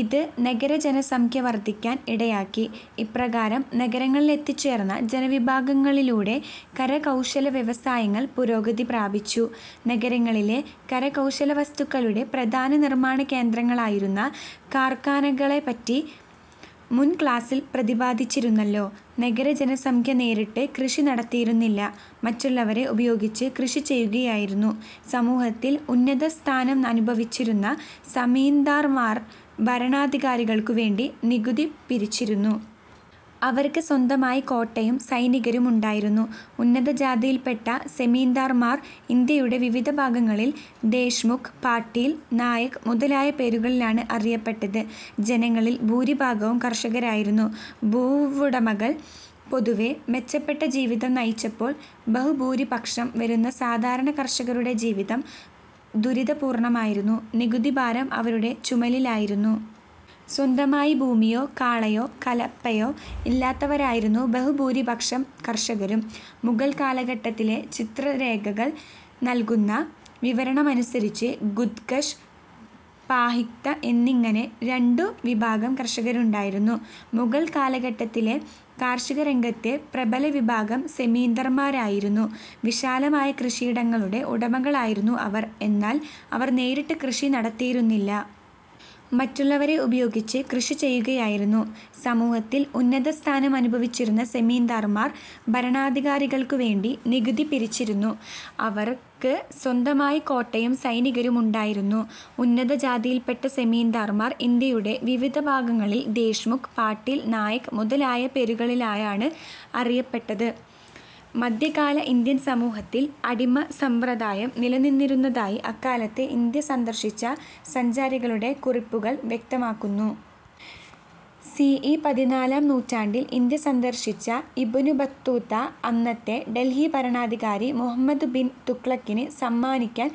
ഇത് നഗരജനസംഖ്യ വർധിക്കാൻ ഇടയാക്കി. ഇപ്രകാരം നഗരങ്ങളിലെത്തിച്ചേർന്ന ജനവിഭാഗങ്ങളിലൂടെ കരകൗശല വ്യവസായങ്ങൾ പുരോഗതി പ്രാപിച്ചു. നഗരങ്ങളിലെ കരകൗശലവസ്തുക്കളുടെ പ്രധാന നിർമാണകേന്ദ്രങ്ങളായിരുന്ന കാർഖാനകളെപ്പറ്റി മുൻ ക്ലാസിൽ പ്രതിപാദിച്ചിരുന്നല്ലോ. നഗരജനസംഖ്യ നേരിട്ട് കൃഷി നടത്തിയിരുന്നില്ല. മറ്റുള്ളവരെ ഉപയോഗിച്ച് കൃഷി ചെയ്യുകയായിരുന്നു. സമൂഹത്തിൽ ഉന്നത സ്ഥാനം അനുഭവിച്ചിരുന്ന സമീന്ദാർമാർ ഭരണാധികാരികൾക്കു വേണ്ടി നികുതി പിരിച്ചിരുന്നു. അവർക്ക് സ്വന്തമായി കോട്ടയും സൈനികരും ഉണ്ടായിരുന്നു. ഉന്നതജാതിയിൽപ്പെട്ട സെമീന്ദാർമാർ ഇന്ത്യയുടെ വിവിധ ഭാഗങ്ങളിൽ ദേശ്മുഖ്, പാട്ടീൽ, നായക് മുതലായ പേരുകളിലാണ് അറിയപ്പെട്ടത്. ജനങ്ങളിൽ ഭൂരിഭാഗവും കർഷകരായിരുന്നു. ഭൂവുടമകൾ പൊതുവെ മെച്ചപ്പെട്ട ജീവിതം നയിച്ചപ്പോൾ ബഹുഭൂരിപക്ഷം വരുന്ന സാധാരണ കർഷകരുടെ ജീവിതം ദുരിതപൂർണമായിരുന്നു. നികുതിഭാരം അവരുടെ ചുമലിലായിരുന്നു. സ്വന്തമായി ഭൂമിയോ കാളയോ കലപ്പയോ ഇല്ലാത്തവരായിരുന്നു ബഹു ഭൂരിപക്ഷം കർഷകരും. മുഗൾ കാലഘട്ടത്തിലെ ചരിത്രരേഖകൾ നൽകുന്ന വിവരണമനുസരിച്ച് ഖുദ് കഷ്, പാഹിക്ത എന്നിങ്ങനെ രണ്ടു വിഭാഗം കർഷകരുണ്ടായിരുന്നു. മുഗൾ കാലഘട്ടത്തിലെ കാർഷികരംഗത്തെ പ്രബല വിഭാഗം സെമീന്ദർമാരായിരുന്നു. വിശാലമായ കൃഷിയിടങ്ങളുടെ ഉടമകളായിരുന്നു അവർ. എന്നാൽ അവർ നേരിട്ട് കൃഷി നടത്തിയിരുന്നില്ല. മറ്റുള്ളവരെ ഉപയോഗിച്ച് കൃഷി ചെയ്യുകയായിരുന്നു. സമൂഹത്തിൽ ഉന്നത സ്ഥാനം അനുഭവിച്ചിരുന്ന സമീന്ദാർമാർ ഭരണാധികാരികൾക്കു വേണ്ടി നികുതി പിരിച്ചിരുന്നു. അവർക്ക് സ്വന്തമായി കോട്ടയും സൈനികരും ഉണ്ടായിരുന്നു. ഉന്നതജാതിയിൽപ്പെട്ട സെമീന്ദാർമാർ ഇന്ത്യയുടെ വിവിധ ഭാഗങ്ങളിൽ ദേശ്മുഖ്, പാട്ടീൽ, നായക് മുതലായ പേരുകളിലാണ് അറിയപ്പെട്ടത്. മധ്യകാല ഇന്ത്യൻ സമൂഹത്തിൽ അടിമ സമ്പ്രദായം നിലനിന്നിരുന്നതായി അക്കാലത്ത് ഇന്ത്യ സന്ദർശിച്ച സഞ്ചാരികളുടെ കുറിപ്പുകൾ വ്യക്തമാക്കുന്നു. സി. ഇ. പതിനാലാം നൂറ്റാണ്ടിൽ ഇന്ത്യ സന്ദർശിച്ച ഇബ്നു ബത്തൂത്ത അന്നത്തെ ഡൽഹി ഭരണാധികാരി മുഹമ്മദ് ബിൻ തുഗ്ലക്കിന് സമ്മാനിക്കാൻ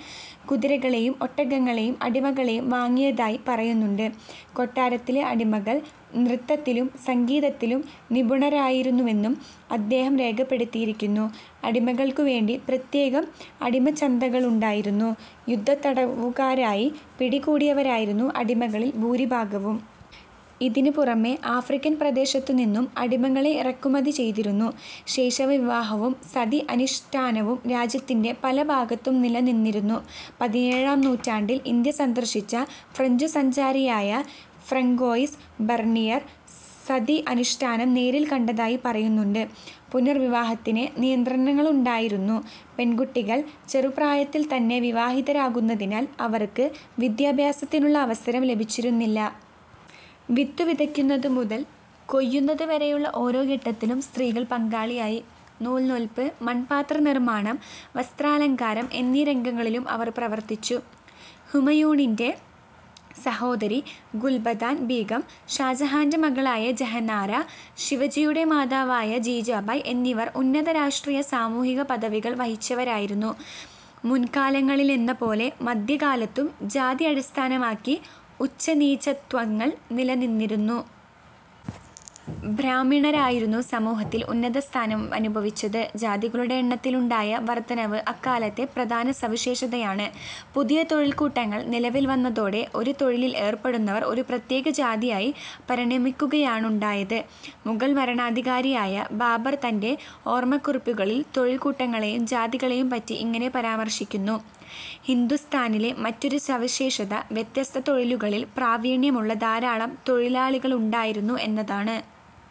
കുതിരകളെയും ഒട്ടകങ്ങളെയും അടിമകളെയും വാങ്ങിയതായി പറയുന്നുണ്ട്. കൊട്ടാരത്തിലെ അടിമകൾ നൃത്തത്തിലും സംഗീതത്തിലും നിപുണരായിരുന്നുവെന്നും അദ്ദേഹം രേഖപ്പെടുത്തിയിരിക്കുന്നു. അടിമകൾക്കുവേണ്ടി പ്രത്യേകം അടിമച്ചന്തകളുണ്ടായിരുന്നു. യുദ്ധത്തടവുകാരായി പിടികൂടിയവരായിരുന്നു അടിമകളിൽ ഭൂരിഭാഗവും. ഇതിനു പുറമെ ആഫ്രിക്കൻ പ്രദേശത്തുനിന്നും അടിമകളെ ഇറക്കുമതി ചെയ്തിരുന്നു. ശൈശവവിവാഹവും സതി അനുഷ്ഠാനവും രാജ്യത്തിന്റെ പല ഭാഗത്തും നിലനിന്നിരുന്നു. പതിനേഴാം നൂറ്റാണ്ടിൽ ഇന്ത്യ സന്ദർശിച്ച ഫ്രഞ്ചു സഞ്ചാരിയായ ഫ്രാങ്കോയിസ് ബർണിയർ സതി അനുഷ്ഠാനം നേരിൽ കണ്ടതായി പറയുന്നുണ്ട്. പുനർവിവാഹത്തിന് നിയന്ത്രണങ്ങളുണ്ടായിരുന്നു. പെൺകുട്ടികൾ ചെറുപ്രായത്തിൽത്തന്നെ വിവാഹിതരാകുന്നതിനാൽ അവർക്ക് വിദ്യാഭ്യാസത്തിനുള്ള അവസരം ലഭിച്ചിരുന്നില്ല. വിത്തു വിതയ്ക്കുന്നതു മുതൽ കൊയ്യുന്നതുവരെയുള്ള ഓരോ ഘട്ടത്തിലും സ്ത്രീകൾ പങ്കാളികളായി. നൂൽ നൂൽപ്പ്, മൺപാത്രനിർമാണം, വസ്ത്രാലങ്കാരം എന്നീ രംഗങ്ങളിലും അവർ പ്രവർത്തിച്ചു. ഹുമയൂണിന്റെ സഹോദരി ഗുൽബദാൻ ബീഗം, ഷാജഹാന്റെ മകളായ ജഹനാര, ശിവജിയുടെ മാതാവായ ജീജാഭായ് എന്നിവർ ഉന്നത രാഷ്ട്രീയ-സാമൂഹിക പദവികൾ വഹിച്ചവരായിരുന്നു. മുൻകാലങ്ങളിലെന്നപോലെ മധ്യകാലത്തും ജാതി അടിസ്ഥാനമാക്കി ഉച്ചനീചത്വങ്ങൾ നിലനിന്നിരുന്നു. ബ്രാഹ്മണരായിരുന്നു സമൂഹത്തിൽ ഉന്നതസ്ഥാനം അനുഭവിച്ചത്. ജാതികളുടെ എണ്ണത്തിലുണ്ടായ വർധനവ് അക്കാലത്തെ പ്രധാന സവിശേഷതയാണ്. പുതിയ തൊഴിൽക്കൂട്ടങ്ങൾ നിലവിൽ വന്നതോടെ ഒരു തൊഴിലിൽ ഏർപ്പെടുന്നവർ ഒരു പ്രത്യേക ജാതിയായി പരിണമിക്കുകയാണുണ്ടായത്. മുഗൾ ഭരണാധികാരിയായ ബാബർ തന്റെ ഓർമക്കുറിപ്പുകളിൽ തൊഴിൽക്കൂട്ടങ്ങളെയും ജാതികളെയും പറ്റി ഇങ്ങനെ പരാമർശിക്കുന്നു. ഹിന്ദുസ്ഥാനിലെ മറ്റൊരു സവിശേഷത വ്യത്യസ്ത തൊഴിലുകളിൽ പ്രാവീണ്യമുള്ള ധാരാളം തൊഴിലാളികളുണ്ടായിരുന്നു എന്നതാണ്.